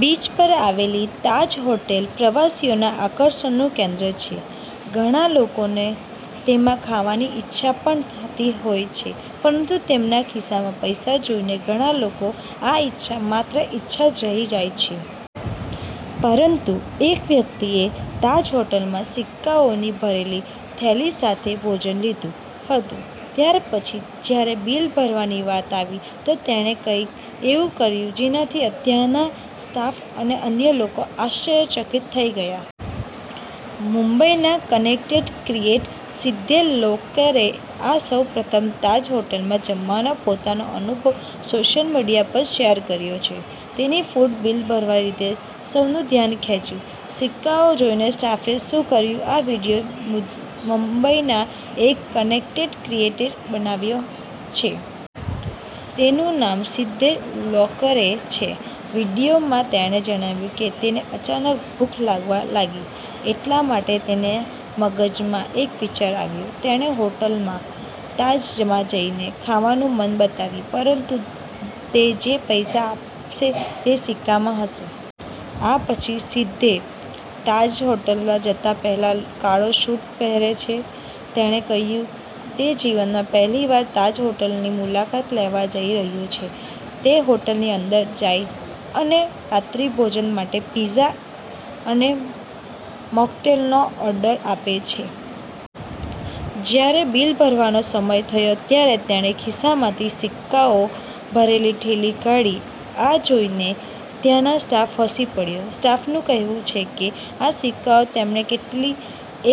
Beach પર આવેલી Taj hotel પ્રવાસીઓના આકર્ષણનું કેન્દ્ર છે. ઘણા લોકોને તેમાં ખાવાની ઈચ્છા પણ થતી હોય છે. પરંતુ તેમના ખિસ્સામાં પૈસા જોઈને ઘણા લોકોની આ ઈચ્છા માત્ર ઈચ્છા જ રહી જાય છે. પરંતુ એક વ્યક્તિએ તાજ હોટલમાં સિક્કાઓથી ભરેલી થેલી સાથે જ ભોજન લીધું હતું. ત્યારપછી જ્યારે બિલ ભરવાની વાત આવી તો તેણે કંઈક એવું કર્યું જેનાથી ત્યાંના સ્ટાફ અને અન્ય લોકો આશ્ચર્યચકિત થઈ ગયા. મુંબઈના કન્ટેન્ટ ક્રિએટર સિદ્ધેશ લોકરેએ સૌપ્રથમવાર તાજ હોટેલમાં જમવાનો પોતાનો અનુભવ સોશિયલ મીડિયા પર શેર કર્યો છે. તેની ફૂડ બિલ ભરવાની રીતે સૌનું ધ્યાન ખેંચ્યું છે. સિક્કા જોઈને સ્ટાફે શું કર્યું આ વીડિયો મુંબઈના એક કન્ટેન્ટ ક્રિએટરે બનાવ્યો છે. તેનું નામ સિદ્ધેશ લોકરે છે. વીડિયોમાં તેણે જણાવ્યું કે તેને અચાનક ભૂખ લાગવા લાગી, એટલા માટે તેના મગજમાં એક વિચાર આવ્યો. તેણે હોટેલ તાજમાં જઈને ખાવાનું મન બનાવ્યું. પરંતુ તે જે પૈસા આપશે તે સિક્કામાં હશે. આ પછી, સિદ્ધેશ તાજ હોટલ જતા પહેલા કાળો સૂટ પહેરે છે. તેણે કહ્યું કે તે જીવનમાં પહેલીવાર તાજ હોટલની મુલાકાત લેવા જઈ રહ્યો છે. તે હોટલની અંદર જાય છે અને રાત્રિભોજન માટે પિઝા અને મોકટેલનો ઓર્ડર આપે છે. જ્યારે બિલ ભરવાનો સમય થયો ત્યારે તેણે ખિસ્સામાંથી સિક્કાઓ ભરેલી થેલી કાઢી. આ જોઈને ત્યાંનો સ્ટાફ હસી પડ્યો. સ્ટાફનું કહેવું છે કે આ સિક્કા તેમણે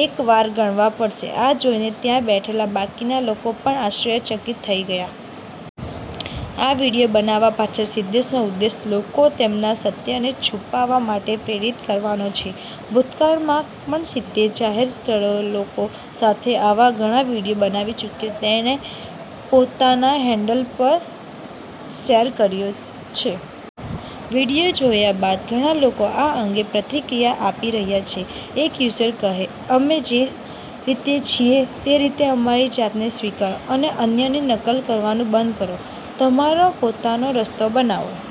એકવાર ગણવા પડશે. આ જોઈને ત્યાં બેઠેલા બાકીના લોકો પણ આશ્ચર્યચકિત થઈ ગયા. ️ આ વીડિયો બનાવવા પાછળ સિદ્ધેશનો ઉદ્દેશ્ય લોકોને તેમના સત્યને છુપાવવા માટે પ્રેરિત કરવાનો છે. ભૂતકાળમાં પણ સિદ્ધેશ જાહેર સ્થળોએ લોકો સાથે આવા ઘણા વીડિયો બનાવી ચૂક્યો છે, જેને તેણે પોતાના હેન્ડલ પર શેર કર્યો છે. વીડિયો જોયા બાદ ઘણા લોકો આ અંગે પ્રતિક્રિયા આપી રહ્યા છે. એક યુઝરે કહ્યું, 'અમે જે રીતે છીએ તે રીતે અમારી જાતને સ્વીકારો અને અન્યની નકલ કરવાનું બંધ કરો. તમારો પોતાનો રસ્તો બનાવો.'